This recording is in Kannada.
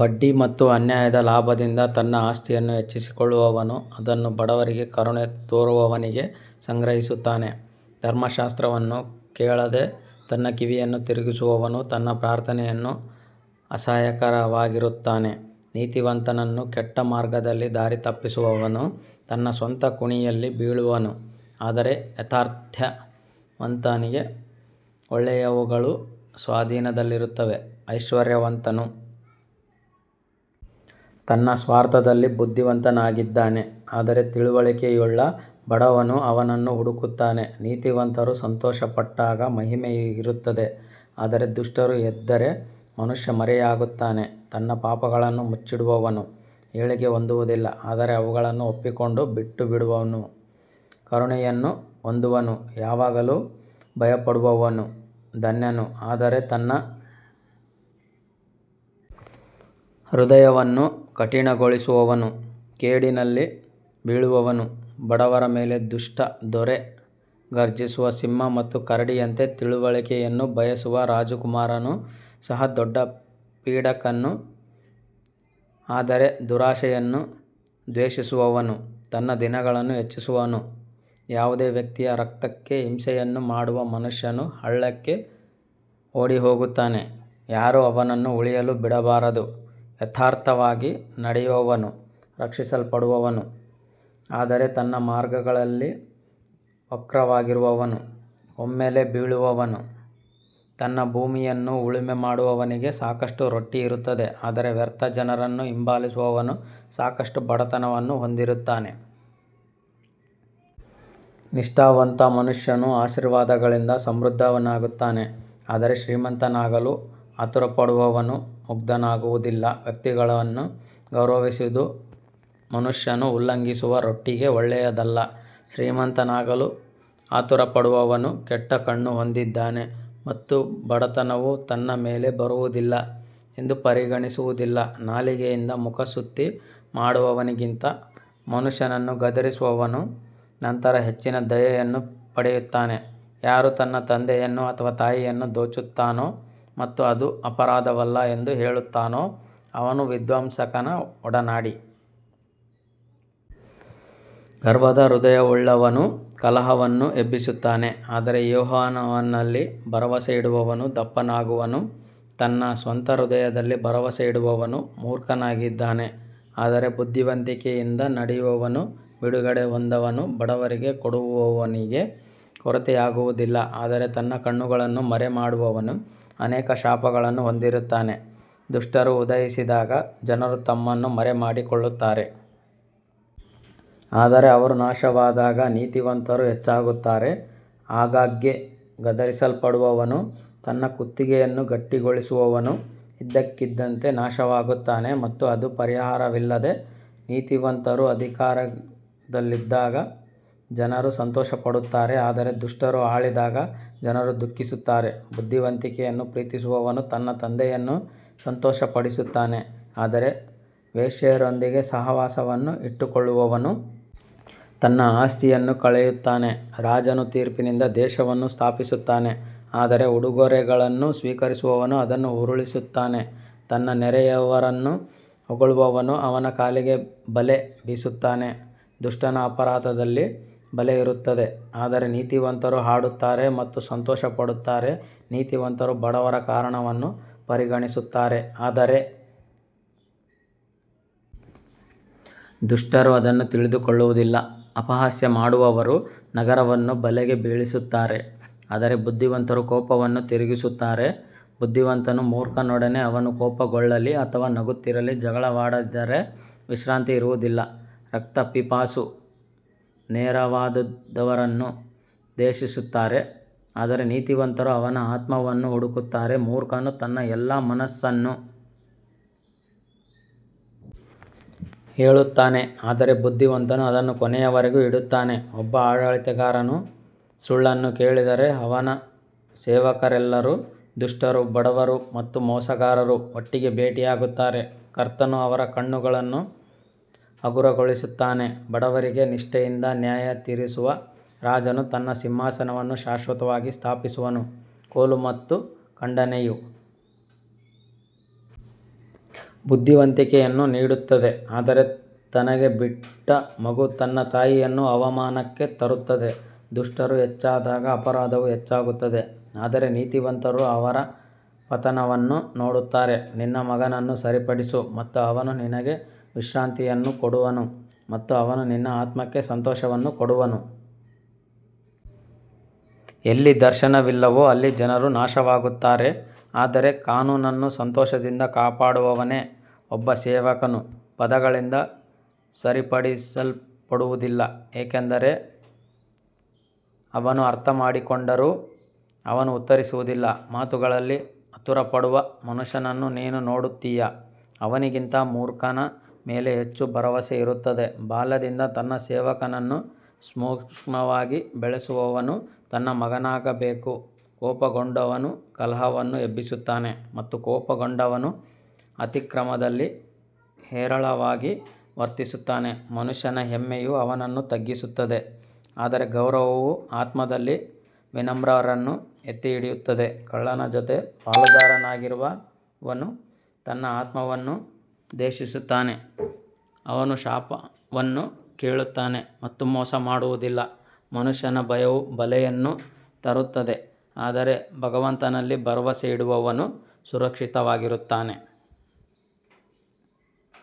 ಬಡ್ಡಿ ಮತ್ತು ಅನ್ಯಾಯದ ಲಾಭದಿಂದ ತನ್ನ ಆಸ್ತಿಯನ್ನು ಹೆಚ್ಚಿಸಿಕೊಳ್ಳುವವನು ಅದನ್ನು ಬಡವರಿಗೆ ಕರುಣೆ ತೋರುವವನಿಗೆ ಸಂಗ್ರಹಿಸುತ್ತಾನೆ. ಧರ್ಮಶಾಸ್ತ್ರವನ್ನು ಕೇಳದೆ ತನ್ನ ಕಿವಿಯನ್ನು ತಿರುಗಿಸುವವನು ತನ್ನ ಪ್ರಾರ್ಥನೆಯನ್ನು ಅಸಹ್ಯಕರವಾಗಿರುತ್ತಾನೆ ನೀತಿವಂತನನ್ನು ಕೆಟ್ಟ ಮಾರ್ಗದಲ್ಲಿ ದಾರಿತಪ್ಪಿಸುವವನು ತನ್ನ ಸ್ವಂತ ಕುಣಿಯಲ್ಲಿ ಬೀಳುವನು ಆದರೆ ಯಥಾರ್ಥವಂತನಿಗೆ ಒಳ್ಳೆಯವುಗಳು ಸ್ವಾಧೀನದಲ್ಲಿರುತ್ತವೆ. ಐಶ್ವರ್ಯವಂತನು ತನ್ನ ಸ್ವಾರ್ಥದಲ್ಲಿ ಬುದ್ಧಿವಂತನಾಗಿದ್ದಾನೆ ಆದರೆ ತಿಳುವಳಿಕೆಯುಳ್ಳ ಬಡವನು ಅವನನ್ನು ಹುಡುಕುತ್ತಾನೆ ನೀತಿವಂತರು ಸಂತೋಷಪಟ್ಟಾಗ ಮಹಿಮೆ ಇರುತ್ತದೆ ಆದರೆ ದುಷ್ಟರು ಎದ್ದರೆ ಮನುಷ್ಯ ಮರೆಯಾಗುತ್ತಾನೆ ತನ್ನ ಪಾಪಗಳನ್ನು ಮುಚ್ಚಿಡುವವನು ಏಳಿಗೆ ಹೊಂದುವುದಿಲ್ಲ ಆದರೆ ಅವುಗಳನ್ನು ಒಪ್ಪಿಕೊಂಡು ಬಿಟ್ಟುಬಿಡುವವನು ಕರುಣೆಯನ್ನು ಹೊಂದುವನು ಯಾವಾಗಲೂ ಭಯಪಡುವವನು ಧನ್ಯನು ಆದರೆ ತನ್ನ ಹೃದಯವನ್ನು ಕಠಿಣಗೊಳಿಸುವವನು ಕೇಡಿನಲ್ಲಿ ಬೀಳುವನು ಬಡವರ ಮೇಲೆ ದುಷ್ಟ ದೊರೆ ಗರ್ಜಿಸುವ ಸಿಂಹ ಮತ್ತು ಕರಡಿಯಂತೆ ತಿಳುವಳಿಕೆಯನ್ನು ಬಯಸುವ ರಾಜಕುಮಾರನು ಸಹ ದೊಡ್ಡ ಪೀಡಕನು ಆದರೆ ದುರಾಶೆಯನ್ನು ದ್ವೇಷಿಸುವವನು ತನ್ನ ದಿನಗಳನ್ನು ಹೆಚ್ಚಿಸುವನು ಯಾವುದೇ ವ್ಯಕ್ತಿಯ ರಕ್ತಕ್ಕೆ ಹಿಂಸೆಯನ್ನು ಮಾಡುವ ಮನುಷ್ಯನು ಹಳ್ಳಕ್ಕೆ ಓಡಿಹೋಗುತ್ತಾನೆ, ಯಾರೂ ಅವನನ್ನು ಉಳಿಯಲು ಬಿಡಬಾರದು ಯಥಾರ್ಥವಾಗಿ ನಡೆಯುವವನು ರಕ್ಷಿಸಲ್ಪಡುವನು ಆದರೆ ತನ್ನ ಮಾರ್ಗಗಳಲ್ಲಿ ವಕ್ರವಾಗಿರುವವನು ಒಮ್ಮೆಲೇ ಬೀಳುವನು ತನ್ನ ಭೂಮಿಯನ್ನು ಉಳುಮೆ ಮಾಡುವವನಿಗೆ ಸಾಕಷ್ಟು ರೊಟ್ಟಿ ಇರುತ್ತದೆ ಆದರೆ ವ್ಯರ್ಥ ಜನರನ್ನು ಹಿಂಬಾಲಿಸುವವನು ಸಾಕಷ್ಟು ಬಡತನವನ್ನು ಹೊಂದಿರುತ್ತಾನೆ. ನಿಷ್ಠಾವಂತ ಮನುಷ್ಯನು ಆಶೀರ್ವಾದಗಳಿಂದ ಸಮೃದ್ಧನಾಗುತ್ತಾನೆ ಆದರೆ ಶ್ರೀಮಂತನಾಗಲು ಆತುರಪಡುವವನು ಮುಗ್ಧನಾಗುವುದಿಲ್ಲ ವ್ಯಕ್ತಿಗಳನ್ನು ಗೌರವಿಸುವುದು ಮನುಷ್ಯನು ಉಲ್ಲಂಘಿಸುವ ರೊಟ್ಟಿಗೆ ಒಳ್ಳೆಯದಲ್ಲ ಶ್ರೀಮಂತನಾಗಲು ಆತುರಪಡುವವನು ಕೆಟ್ಟ ಕಣ್ಣು ಹೊಂದಿದ್ದಾನೆ ಮತ್ತು ಬಡತನವು ತನ್ನ ಮೇಲೆ ಬರುವುದಿಲ್ಲ ಎಂದು ಪರಿಗಣಿಸುವುದಿಲ್ಲ ನಾಲಿಗೆಯಿಂದ ಮುಖಸ್ತುತಿ ಮಾಡುವವನಿಗಿಂತ ಮನುಷ್ಯನನ್ನು ಗದರಿಸುವವನು ನಂತರ ಹೆಚ್ಚಿನ ದಯೆಯನ್ನು ಪಡೆಯುತ್ತಾನೆ ಯಾರು ತನ್ನ ತಂದೆಯನ್ನು ಅಥವಾ ತಾಯಿಯನ್ನು ದೋಚುತ್ತಾನೋ ಮತ್ತು ಅದು ಅಪರಾಧವಲ್ಲ ಎಂದು ಹೇಳುತ್ತಾನೋ ಅವನು ವಿಧ್ವಂಸಕನ ಒಡನಾಡಿ. ಗರ್ವದ ಹೃದಯವುಳ್ಳವನು ಕಲಹವನ್ನು ಎಬ್ಬಿಸುತ್ತಾನೆ ಆದರೆ ಯೆಹೋವನಲ್ಲಿ ಭರವಸೆಯಿಡುವವನು ದಪ್ಪನಾಗುವನು ತನ್ನ ಸ್ವಂತ ಹೃದಯದಲ್ಲಿ ಭರವಸೆಯಿಡುವವನು ಮೂರ್ಖನಾಗಿದ್ದಾನೆ ಆದರೆ ಬುದ್ಧಿವಂತಿಕೆಯಿಂದ ನಡೆಯುವವನು ಬಿಡುಗಡೆ ಹೊಂದುವನು ಬಡವರಿಗೆ ಕೊಡುವವನಿಗೆ ಕೊರತೆಯಾಗುವುದಿಲ್ಲ ಆದರೆ ತನ್ನ ಕಣ್ಣುಗಳನ್ನು ಮರೆಮಾಡುವವನು ಅನೇಕ ಶಾಪಗಳನ್ನು ಹೊಂದಿರುತ್ತಾನೆ ದುಷ್ಟರು ಉದಯಿಸಿದಾಗ ಜನರು ತಮ್ಮನ್ನು ಮರೆಮಾಡಿಕೊಳ್ಳುತ್ತಾರೆ ಆದರೆ ಅವರು ನಾಶವಾದಾಗ ನೀತಿವಂತರು ಹೆಚ್ಚಾಗುತ್ತಾರೆ ಆಗಾಗ್ಗೆ ಗದರಿಸಲ್ಪಡುವವನು ತನ್ನ ಕುತ್ತಿಗೆಯನ್ನು ಗಟ್ಟಿಗೊಳಿಸಿಕೊಳ್ಳುವವನು ಇದ್ದಕ್ಕಿದ್ದಂತೆ ನಾಶವಾಗುತ್ತಾನೆ ಮತ್ತು ಅದು ಪರಿಹಾರವಿಲ್ಲದೆ ನೀತಿವಂತರು ಅಧಿಕಾರದಲ್ಲಿದ್ದಾಗ ಜನರು ಸಂತೋಷಪಡುತ್ತಾರೆ ಆದರೆ ದುಷ್ಟರು ಆಳಿದಾಗ ಜನರು ದುಃಖಿಸುತ್ತಾರೆ ಬುದ್ಧಿವಂತಿಕೆಯನ್ನು ಪ್ರೀತಿಸುವವನು ತನ್ನ ತಂದೆಯನ್ನು ಸಂತೋಷಪಡಿಸುತ್ತಾನೆ ಆದರೆ ವೇಶ್ಯೆಯರೊಂದಿಗೆ ಸಹವಾಸವನ್ನು ಇಟ್ಟುಕೊಳ್ಳುವವನು ತನ್ನ ಆಸ್ತಿಯನ್ನು ಕಳೆಯುತ್ತಾನೆ ರಾಜನು ತೀರ್ಪಿನಿಂದ ದೇಶವನ್ನು ಸ್ಥಾಪಿಸುತ್ತಾನೆ ಆದರೆ ಉಡುಗೊರೆಗಳನ್ನು ಸ್ವೀಕರಿಸುವವನು ಅದನ್ನು ಉರುಳಿಸುತ್ತಾನೆ ತನ್ನ ನೆರೆಯವರನ್ನು ಹೊಗಳುವವನು ಅವನ ಕಾಲಿಗೆ ಬಲೆ ಬೀಸುತ್ತಾನೆ ದುಷ್ಟನ ಅಪರಾಧದಲ್ಲಿ ಬಲೆ ಇರುತ್ತದೆ ಆದರೆ ನೀತಿವಂತರು ಹಾಡುತ್ತಾರೆ ಮತ್ತು ಸಂತೋಷಪಡುತ್ತಾರೆ ನೀತಿವಂತರು ಬಡವರ ಕಾರಣವನ್ನು ಪರಿಗಣಿಸುತ್ತಾರೆ ಆದರೆ ದುಷ್ಟರು ಅದನ್ನು ತಿಳಿದುಕೊಳ್ಳುವುದಿಲ್ಲ ಅಪಹಾಸ್ಯ ಮಾಡುವವರು ನಗರವನ್ನು ಬಲೆಗೆ ಬೀಳಿಸುತ್ತಾರೆ ಆದರೆ ಬುದ್ಧಿವಂತರು ಕೋಪವನ್ನು ತಿರುಗಿಸುತ್ತಾರೆ ಬುದ್ದಿವಂತನು ಮೂರ್ಖನೊಡನೆ ಅವನು ಕೋಪಗೊಳ್ಳಲಿ ಅಥವಾ ನಗುತ್ತಿರಲಿ ಜಗಳವಾಡಿದರೆ ವಿಶ್ರಾಂತಿ ಇರುವುದಿಲ್ಲ ರಕ್ತಪಿಪಾಸು ನೇರವಾದವರನ್ನು ದ್ವೇಷಿಸುತ್ತಾರೆ ಆದರೆ ನೀತಿವಂತರು ಅವನ ಆತ್ಮವನ್ನು ಹುಡುಕುತ್ತಾರೆ ಮೂರ್ಖನು ತನ್ನ ಎಲ್ಲಾ ಮನಸ್ಸನ್ನು ಹೇಳುತ್ತಾನೆ ಆದರೆ ಬುದ್ಧಿವಂತನು ಅದನ್ನು ಕೊನೆಯವರೆಗೂ ಇಡುತ್ತಾನೆ ಒಬ್ಬ ಆಡಳಿತಗಾರನು ಸುಳ್ಳನ್ನು ಕೇಳಿದರೆ ಅವನ ಸೇವಕರೆಲ್ಲರೂ ದುಷ್ಟರು ಬಡವರು ಮತ್ತು ಮೋಸಗಾರರು ಒಟ್ಟಿಗೆ ಭೇಟಿಯಾಗುತ್ತಾರೆ, ಕರ್ತನು ಅವರ ಕಣ್ಣುಗಳನ್ನು ಹಗುರಗೊಳಿಸುತ್ತಾನೆ ಬಡವರಿಗೆ ನಿಷ್ಠೆಯಿಂದ ನ್ಯಾಯತೀರಿಸುವ ರಾಜನು ತನ್ನ ಸಿಂಹಾಸನವನ್ನು ಶಾಶ್ವತವಾಗಿ ಸ್ಥಾಪಿಸುವನು ಕೋಲು ಮತ್ತು ಖಂಡನೆಯು ಬುದ್ಧಿವಂತಿಕೆಯನ್ನು ನೀಡುತ್ತದೆ ಆದರೆ ತನಗೆ ಬಿಟ್ಟ ಮಗು ತನ್ನ ತಾಯಿಯನ್ನು ಅವಮಾನಕ್ಕೆ ತರುತ್ತದೆ ದುಷ್ಟರು ಹೆಚ್ಚಾದಾಗ ಅಪರಾಧವು ಹೆಚ್ಚಾಗುತ್ತದೆ ಆದರೆ ನೀತಿವಂತರು ಅವರ ಪತನವನ್ನು ನೋಡುತ್ತಾರೆ ನಿನ್ನ ಮಗನನ್ನು ಸರಿಪಡಿಸು ಮತ್ತು ಅವನು ನಿನಗೆ ವಿಶ್ರಾಂತಿಯನ್ನು ಕೊಡುವನು ಮತ್ತು ಅವನು ನಿನ್ನ ಆತ್ಮಕ್ಕೆ ಸಂತೋಷವನ್ನು ಕೊಡುವನು ಎಲ್ಲಿ ದರ್ಶನವಿಲ್ಲವೋ ಅಲ್ಲಿ ಜನರು ನಾಶವಾಗುತ್ತಾರೆ ಆದರೆ ಕಾನೂನನ್ನು ಸಂತೋಷದಿಂದ ಕಾಪಾಡುವವನೇ ಒಬ್ಬ ಸೇವಕನು ಪದಗಳಿಂದ ಸರಿಪಡಿಸಲ್ಪಡುವುದಿಲ್ಲ ಏಕೆಂದರೆ ಅವನು ಅರ್ಥಮಾಡಿಕೊಂಡರೂ ಅವನು ಉತ್ತರಿಸುವುದಿಲ್ಲ ಮಾತುಗಳಲ್ಲಿ ಆತುರಪಡುವ ಮನುಷ್ಯನನ್ನು ನೀನು ನೋಡುತ್ತೀಯಾ, ಅವನಿಗಿಂತ ಮೂರ್ಖನ ಮೇಲೆ ಹೆಚ್ಚು ಭರವಸೆ ಇರುತ್ತದೆ ಬಾಲ್ಯದಿಂದ ತನ್ನ ಸೇವಕನನ್ನು ಸೂಕ್ಷ್ಮವಾಗಿ ಬೆಳೆಸುವವನು ತನ್ನ ಮಗನಾಗಬೇಕು ಕೋಪಗೊಂಡವನು ಕಲಹವನ್ನು ಎಬ್ಬಿಸುತ್ತಾನೆ ಮತ್ತು ಕೋಪಗೊಂಡವನು ಅತಿಕ್ರಮದಲ್ಲಿ ಹೇರಳವಾಗಿ ವರ್ತಿಸುತ್ತಾನೆ ಮನುಷ್ಯನ ಹೆಮ್ಮೆಯು ಅವನನ್ನು ತಗ್ಗಿಸುತ್ತದೆ ಆದರೆ ಗೌರವವು ಆತ್ಮದಲ್ಲಿ ವಿನಮ್ರರನ್ನು ಎತ್ತಿಹಿಡಿಯುತ್ತದೆ ಕಳ್ಳನ ಜೊತೆ ಪಾಲುದಾರನಾಗಿರುವವನು ತನ್ನ ಆತ್ಮವನ್ನು ದ್ವೇಷಿಸುತ್ತಾನೆ, ಅವನು ಶಾಪವನ್ನು ಕೇಳುತ್ತಾನೆ ಮತ್ತು ಮೋಸ ಮಾಡುವುದಿಲ್ಲ ಮನುಷ್ಯನ ಭಯವು ಬಲೆಯನ್ನು ತರುತ್ತದೆ ಆದರೆ ಭಗವಂತನಲ್ಲಿ ಭರವಸೆಯಿಡುವವನು ಸುರಕ್ಷಿತವಾಗಿರುತ್ತಾನೆ.